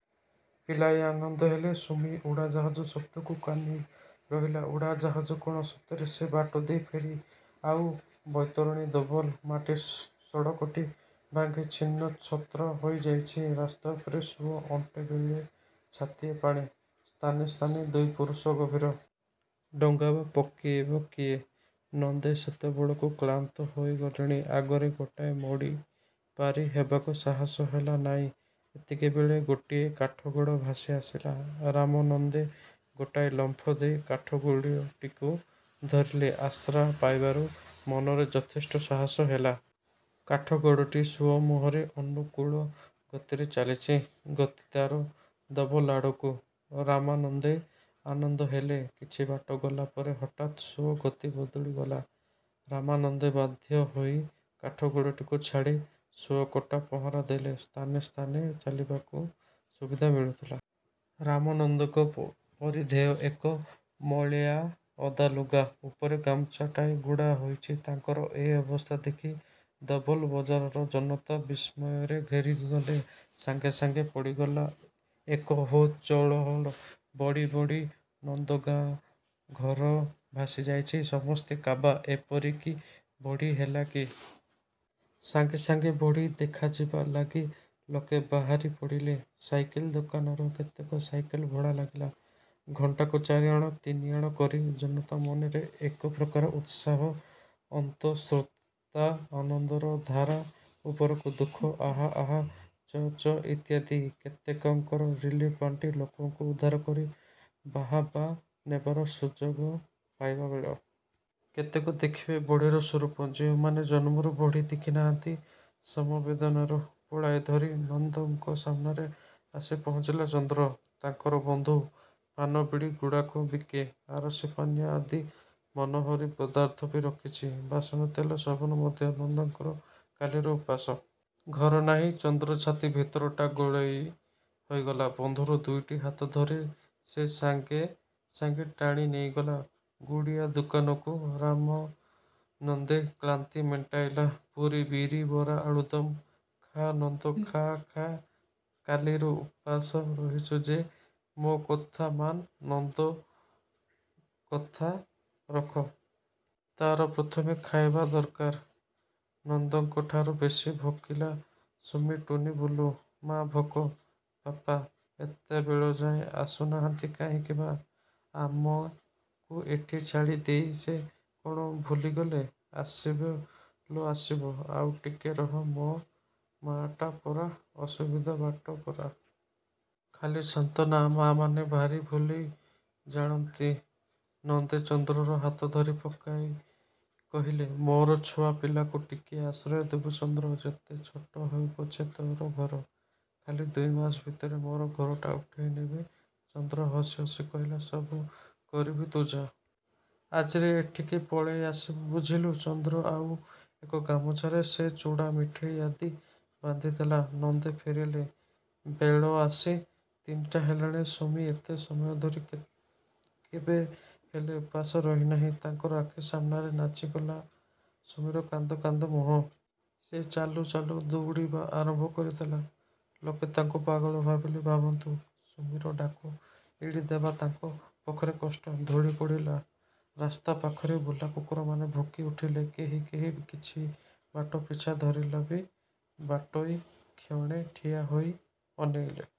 ପିଲାଏ ଆନନ୍ଦ ହେଲେ। ସୁମି ଉଡ଼ାଜାହାଜ ଶବ୍ଦକୁ କାନେଇ ରହିଲା। ଉଡ଼ାଜାହାଜ କଣ ସତରେ ସେ ବାଟ ଦେଇ ଫେରିବ ଆଉ। ବୈତରଣୀ-ଦୋବଲ ମାଟି ସଡ଼କଟି ଭାଙ୍ଗି ଛିନ୍ନ ଛତ୍ର ହୋଇଯାଇଚି। ରାସ୍ତା ଉପରେ ସୁଅ, ଅଣ୍ଟେ ବେଳେ–ଛାତିଏ ପାଣି। ସ୍ଥାନେ ସ୍ଥାନେ ଦୁଇ ପୁରୁଷ ଗଭୀର। ଡଙ୍ଗା ବା ପକେଇବ କିଏ। ନନ୍ଦେ ସେତେବେଳକୁ କ୍ଳାନ୍ତ ହୋଇଗଲେଣି। ଆଗରେ ଗୋଟାଏ ମୋଡ଼ି' ପାରି ହେବାକୁ ସାହସ ହେଲା ନାଇଁ। ଏତିକିବେଳେ ଗୋଟିଏ କାଠଗଡ଼ ଭାସି ଆସିଲା। ରାମାନନ୍ଦେ ଗୋଟାଏ ଲମ୍ଫ ଦେଇ କାଠଗଡ଼ଟିକୁ ଧରିଲେ। ଆଶ୍ରା ପାଇବାରୁ ମନରେ ଯଥେଷ୍ଟ ସାହସ ହେଲା। କାଠ ଗଡ଼ଟି ସୁଅ ମୁହଁରେ ଅନୁକୂଳ ଗତିରେ ଚାଲିଛି। ଗତି ତାର ଦୋବଲ ଆଡ଼କୁ। ରାମାନନ୍ଦେ ଆନନ୍ଦ ହେଲେ। କିଛି ବାଟ ଗଲା ପରେ ହଠାତ୍ ସୁଅ ଗତି ବଦଳି ଗଲା–ରାମାନନ୍ଦେ ବାଧ୍ୟ ହୋଇ କାଠ ଗଡ଼ଟିକୁ ଛାଡ଼ି ସୁଅ କଟା ପହଁରା ଦେଲେ। ସ୍ଥାନେ ସ୍ଥାନେ ଚାଲିବାକୁ ସୁବିଧା ମିଳୁ ଥିଲା ରାମନନ୍ଦଙ୍କ ପରିଧେୟ ଏକ ମଳିଆ, ଓଦା ଲୁଗା। ଉପରେ ଗାମୁଛାଟାଏ ଗୁଡ଼ା ହୋଇଚି। ତାଙ୍କର ଏ ଅବସ୍ଥା ଦେଖି ଦୋବଲ ବଜାରର ଜନତା ବିସ୍ମୟରେ ଘେରିଗଲେ। ସାଙ୍ଗେ ସାଙ୍ଗେ ପଡ଼ିଗଲା ଏକ 'ହୋ' ଚହଳ। ବଢ଼ି–ବଢ଼ି–ନନ୍ଦଙ୍କ ଗାଁ, ଘର ଭାସି ଯାଇଚି। ସମସ୍ତେ କାବା-। ଏପରି କି ବଢ଼ି ହେଲା କି? ସାଙ୍ଗେ ସାଙ୍ଗେ ବଢ଼ି ଦେଖିଯିବା ଲାଗି ଲୋକେ ବାହାରି ପଡ଼ିଲେ। ସାଇକେଲ ଦୋକାନର କେତେକ ସାଇକେଲ ଭଡ଼ା ଲାଗିଗଲା। ଘଣ୍ଟାକୁ ଚାରିଅଣା–ତିନିଅଣା କରି। ଜନତା ମନରେ ଏକପ୍ରକାର ଉତ୍ସାହ ଅର୍ନ୍ତସ୍ରୋତା ଆନନ୍ଦର ଧାରା ଉପରକୁ ଦୁଃଖ–ଆହା, ଆହା, ଚ ଚ ଇତ୍ୟାଦି। କେତେକଙ୍କର ରିଲିଫ୍ ବାଣ୍ଟି ଲୋକଙ୍କୁ ଉଦ୍ଧାର କରି ବାହାବା ନେବାର ସୁଯୋଗ ପାଇବା ବେଳ। କେତେକ ଦେଖିବେ ବଢ଼ିର ସ୍ୱରୂପ– ଯେଉଁମାନେ ଜନ୍ମରୁ ବଢ଼ି ଦେଖି ନାହାନ୍ତି। ସମବେଦନାରୁ ପୁଳାଏ ଧରି ନନ୍ଦଙ୍କ ସାମ୍ନାରେ ଆସି ପହଞ୍ଚିଲା ଚନ୍ଦ୍ର। ତାଙ୍କର ବନ୍ଧୁ। ପାନ-ବିଡ଼ି ଗୁଡ଼ାଖୁ ବିକେ। ଆରସୀ-ପାନିଆ ଆଦି ମନୋହରୀ ପଦାର୍ଥ ବି ରଖିଚି। ବାସନା ତେଲ, ସାବୁନ ମଧ୍ୟ। ନନ୍ଦଙ୍କର କାଲିରୁ ଉପାସ। ଘର ନାହିଁ। ଚନ୍ଦ୍ର ଛାତି ଭିତରଟା ଗୋଳେଇ ହୋଇଗଲା। ବନ୍ଧୁର ଦୁଇଟି ହାତ ଧରି ସେ ସାଙ୍ଗେ ସାଙ୍ଗେ ଟାଣି ନେଇଗଲା ଗୁଡ଼ିଆ ଦୋକାନକୁ, ରାମାନନ୍ଦେ କ୍ଳାନ୍ତି ମେଣ୍ଟାଇଲେ। ପୁରୀ-ବିରିବରା-ଆଳୁଦମ୍। ''–ଖା ନନ୍ଦ, ଖା-ଖା, କାଲିରୁ ଉପାସ ରହିଚୁ ଯେ-। ମୋ କଥାମାନ ନନ୍ଦ, କଥା ରଖ। ତାର ପ୍ରଥମେ ଖାଇବା ଦର୍କାର-। ନନ୍ଦଙ୍କଠାରୁ ବେଶି ଭୋକିଲା ସୁମି-ଟୁନୀ-ବୁଲୁ। ମା' ଭୋକ। ବାପା ଏତେବେଳଯାଏଁ ଆସୁନାହାନ୍ତି କାହିଁକି ମା? ଆମକୁ ଏଠି ଛାଡ଼ିଦେଇ ସେ କଣ ଭୁଲିଗଲେ। ଆସିବେ ଲୋ ଆସିବେ। ଆଉ ଟିକେ ରହ। ମୋ ମା'ଟା ପରା। ଅସୁବିଧା ବାଟ ପରା। ଖାଲି ସାନ୍ତ୍ୱନା। ମା' ମାନେ ଭାରି ଭୁଲେଇ ଜାଣନ୍ତି। ନନ୍ଦେ ଚନ୍ଦ୍ରର ହାତ ଧରି ପକେଇ କହିଲେ–ମୋର ଛୁଆ ପିଲାଙ୍କୁ ଟିକିଏ ଆଶ୍ରୟ ଦେବୁ ଚନ୍ଦ୍ର। ଯେତେ ଛୋଟ ହେଉ ପଛେ ତୋର ଘର। ଖାଲି ଦୁଇମାସ ଭିତରେ ମୋର ଘରଟା ଉଠେଇ ନେବି। ଚନ୍ଦ୍ର ହସି ହସି କହିଲା–ସବୁ କରିବି ତୁ ଯା। ଆଜିରେ ଏଠିକି ପଳେଇ ଆସିବୁ। ବୁଝିଲୁ। ଚନ୍ଦ୍ର ଆଉ ଏକ ଗାମୁଛାରେ ସେ ଚୁଡ଼ା-ମିଠେଇ ଆଦି ବାନ୍ଧିଦେଲା। ନନ୍ଦେ ଫେରିଲେ। ବେଳ ଆସି ତିନିଟା ହେଲାଣି। ସୁମି ଏତେ ସମୟ ଧରି କେବେ ହେଲେ ଉପାସ ରହିନାଇଁ। ତାଙ୍କର ଆଖି ସାମ୍ନାରେ ନାଚିଗଲା ସୁମିର କାନ୍ଦ କାନ୍ଦ ମୁହଁ। ସେ ଚାଲୁ ଚାଲୁ ଦଉଡ଼ିବା। ଆରମ୍ଭ କରିଦେଲେ। ଲୋକେ ତାଙ୍କୁ ପାଗଳ ଭାବିଲେ ଭାବନ୍ତୁ। ସୁମିର ଡାକ ଏଡ଼ିଦେବା ତାଙ୍କ ପକ୍ଷରେ କଷ୍ଟ। ଧୂଳି ପଡ଼ିଲା। ରାସ୍ତା ପାଖରେ ବୁଲା କୁକୁରମାନେ ଭୁକି ଉଠିଲେ –କେହି କେହି କିଛିବାଟ ପିଛା ଧରିଲେ ବି। ବାଟୋଇ କ୍ଷଣେ ଠିଆ ହୋଇ ଅନେଇଲେ।